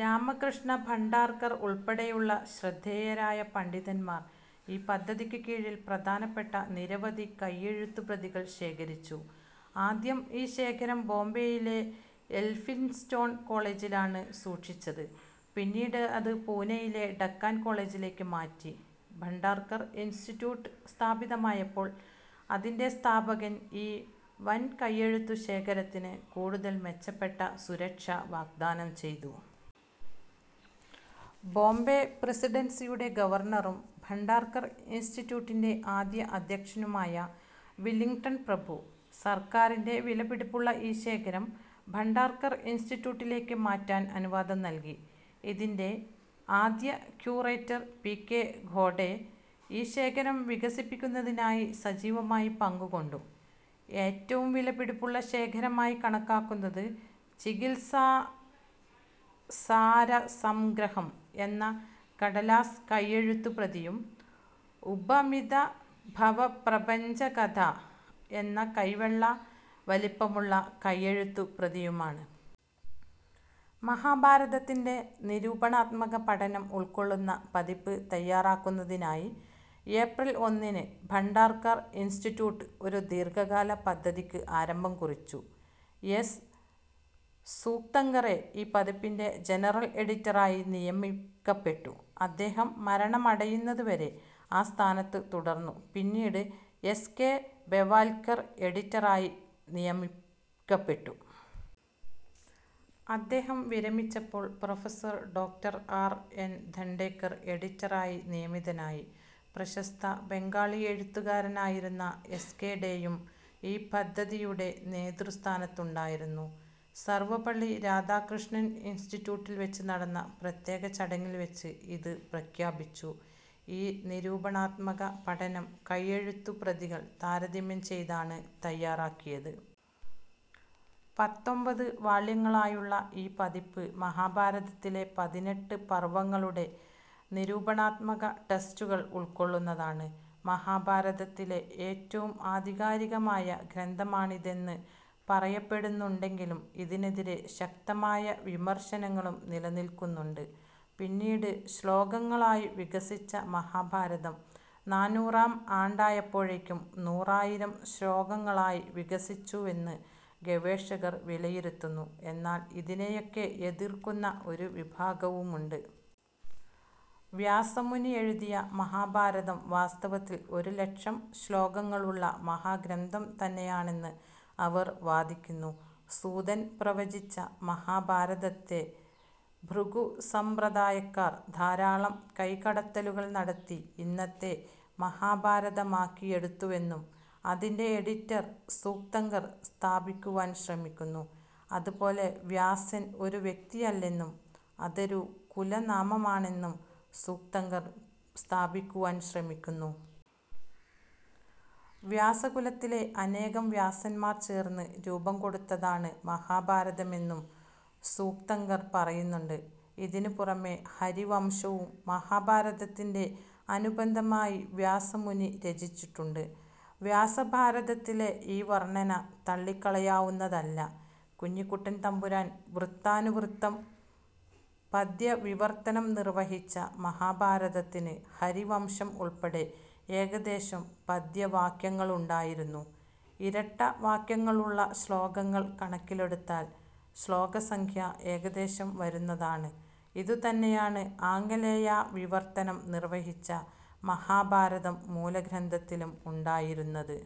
രാമകൃഷ്ണ ഭണ്ഡാർക്കർ ഉൾപ്പെടെയുള്ള ശ്രദ്ധേയരായ പണ്ഡിതന്മാർ ഈ പദ്ധതിക്ക് കീഴിൽ പ്രധാനപ്പെട്ട നിരവധി കൈയെഴുത്തുപ്രതികൾ ശേഖരിച്ചു. ആദ്യം ഈ ശേഖരം ബോംബെയിലെ എൽഫിൻസ്റ്റോൺ കോളേജിലാണ് സൂക്ഷിച്ചത്. പിന്നീട് അത് പൂനെയിലെ ഡക്കാൻ കോളേജിലേക്ക് മാറ്റി. ഭണ്ഡാർക്കർ ഇൻസ്റ്റിറ്റ്യൂട്ട് സ്ഥാപിതമായപ്പോൾ അതിൻ്റെ സ്ഥാപകർ ഈ വൻ കൈയെഴുത്തുശേഖരത്തിന് കൂടുതൽ മെച്ചപ്പെട്ട സുരക്ഷ വാഗ്ദാനം ചെയ്തു. ബോംബെ പ്രസിഡൻസിയുടെ ഗവർണറും ഭണ്ഡാർക്കർ ഇൻസ്റ്റിറ്റ്യൂട്ടിൻ്റെ ആദ്യ അധ്യക്ഷനുമായ വില്ലിംഗ്ടൺ പ്രഭു, സർക്കാരിൻ്റെ വിലപിടിപ്പുള്ള ഈ ശേഖരം ഭണ്ഡാർക്കർ ഇൻസ്റ്റിറ്റ്യൂട്ടിലേക്ക് മാറ്റാൻ അനുവാദം നൽകി. ഇതിൻ്റെ ആദ്യ ക്യൂറേറ്റർ പി. കെ. ഖോഡെ ഈ ശേഖരം വികസിപ്പിക്കുന്നതിനായി സജീവമായി പങ്കുകൊണ്ടു. ഏറ്റവും വിലപിടിപ്പുള്ള ശേഖരമായി കണക്കാക്കുന്നത് ചികിത്സാസാരസംഗ്രഹം എന്ന കടലാസ് കൈയെഴുത്തുപ്രതിയും ഉപമിതഭവപ്രപഞ്ചകഥ എന്ന കൈവെള്ള വലിപ്പമുള്ള കൈയെഴുത്തുപ്രതിയുമാണ്. മഹാഭാരതത്തിൻ്റെ നിരൂപണാത്മക പഠനം ഉൾക്കൊള്ളുന്ന പതിപ്പ് തയ്യാറാക്കുന്നതിനായി ഏപ്രിൽ ഒന്നിന് ഭണ്ഡാർക്കർ ഇൻസ്റ്റിറ്റ്യൂട്ട് ഒരു ദീർഘകാല പദ്ധതിക്ക് ആരംഭം കുറിച്ചു. എസ്. സൂക്തങ്കറെ ഈ പതിപ്പിൻ്റെ ജനറൽ എഡിറ്ററായി നിയമിക്കപ്പെട്ടു. അദ്ദേഹം മരണമടയുന്നത് വരെ ആ സ്ഥാനത്ത് തുടർന്നു. പിന്നീട് എസ്. കെ. ബെവാൽക്കർ എഡിറ്ററായി നിയമിക്കപ്പെട്ടു. അദ്ദേഹം വിരമിച്ചപ്പോൾ professor doctor R. N. Dandekar എഡിറ്ററായി നിയമിതനായി. പ്രശസ്ത ബംഗാളി എഴുത്തുകാരനായിരുന്ന എസ്. കെ. ഡേയും ഈ പദ്ധതിയുടെ നേതൃസ്ഥാനത്തുണ്ടായിരുന്നു. സർവപള്ളി രാധാകൃഷ്ണൻ ഇൻസ്റ്റിറ്റ്യൂട്ടിൽ വെച്ച് നടന്ന പ്രത്യേക ചടങ്ങിൽ വെച്ച് ഇത് പ്രഖ്യാപിച്ചു.ഈ നിരൂപണാത്മക പഠനം കൈയെഴുത്തുപ്രതികൾ താരതമ്യം ചെയ്താണ് തയ്യാറാക്കിയത്. പത്തൊമ്പത് വാള്യങ്ങളായുള്ള ഈ പതിപ്പ് മഹാഭാരതത്തിലെ പതിനെട്ട് പർവ്വങ്ങളുടെ നിരൂപണാത്മക ടെക്സ്റ്റുകൾ ഉൾക്കൊള്ളുന്നതാണ്. മഹാഭാരതത്തിലെ ഏറ്റവും ആധികാരികമായ ഗ്രന്ഥമാണിതെന്ന് പറയപ്പെടുന്നുണ്ടെങ്കിലും ഇതിനെതിരെ ശക്തമായ വിമർശനങ്ങളും നിലനിൽക്കുന്നുണ്ട്. പിന്നീട് ശ്ലോകങ്ങളായി വികസിച്ച മഹാഭാരതം, നാനൂറാം ആണ്ടായപ്പോഴേക്കും നൂറായിരം ശ്ലോകങ്ങളായി വികസിച്ചുവെന്ന് ഗവേഷകർ വിലയിരുത്തുന്നു. എന്നാൽ ഇതിനെയൊക്കെ എതിർക്കുന്ന ഒരു വിഭാഗവുമുണ്ട്. വ്യാസമുനി എഴുതിയ മഹാഭാരതം വാസ്തവത്തിൽ ഒരു ലക്ഷം ശ്ലോകങ്ങളുള്ള മഹാഗ്രന്ഥം തന്നെയാണെന്ന് അവർ വാദിക്കുന്നു. സൂതൻ പ്രവചിച്ച മഹാഭാരതത്തെ ഭൃഗു സംപ്രദായക്കാർ ധാരാളം കൈകടത്തലുകൾ നടത്തി ഇന്നത്തെ മഹാഭാരതമാക്കിയെടുത്തുവെന്നും അതിൻ്റെ എഡിറ്റർ സൂക്തങ്കർ സ്ഥാപിക്കുവാൻ ശ്രമിക്കുന്നു. അതുപോലെ വ്യാസൻ ഒരു വ്യക്തിയല്ലെന്നും അതൊരു കുലനാമമാണെന്നും സൂക്തങ്കർ സ്ഥാപിക്കുവാൻ ശ്രമിക്കുന്നു. വ്യാസകുലത്തിലെ അനേകം വ്യാസന്മാർ ചേർന്ന് രൂപം കൊടുത്തതാണ് മഹാഭാരതമെന്നും സൂക്തങ്കർ പറയുന്നുണ്ട്. ഇതിനു പുറമെ ഹരിവംശവും മഹാഭാരതത്തിൻ്റെ അനുബന്ധമായി വ്യാസമുനി രചിച്ചിട്ടുണ്ട്. വ്യാസഭാരതത്തിലെ ഈ വർണന തള്ളിക്കളയാവുന്നതല്ല. കുഞ്ഞിക്കുട്ടൻ തമ്പുരാൻ വൃത്താനുവൃത്തം പദ്യവിവർത്തനം നിർവഹിച്ച മഹാഭാരതത്തിന് ഹരിവംശം ഉൾപ്പെടെ ഏകദേശം പദ്യവാക്യങ്ങളുണ്ടായിരുന്നു. ഇരട്ട വാക്യങ്ങളുള്ള ശ്ലോകങ്ങൾ കണക്കിലെടുത്താൽ ശ്ലോകസംഖ്യ ഏകദേശം വരുന്നതാണ്. ഇതുതന്നെയാണ് ആംഗലേയ വിവർത്തനം നിർവഹിച്ച മഹാഭാരതം മൂലഗ്രന്ഥത്തിനും ഉണ്ടായിരുന്നത്.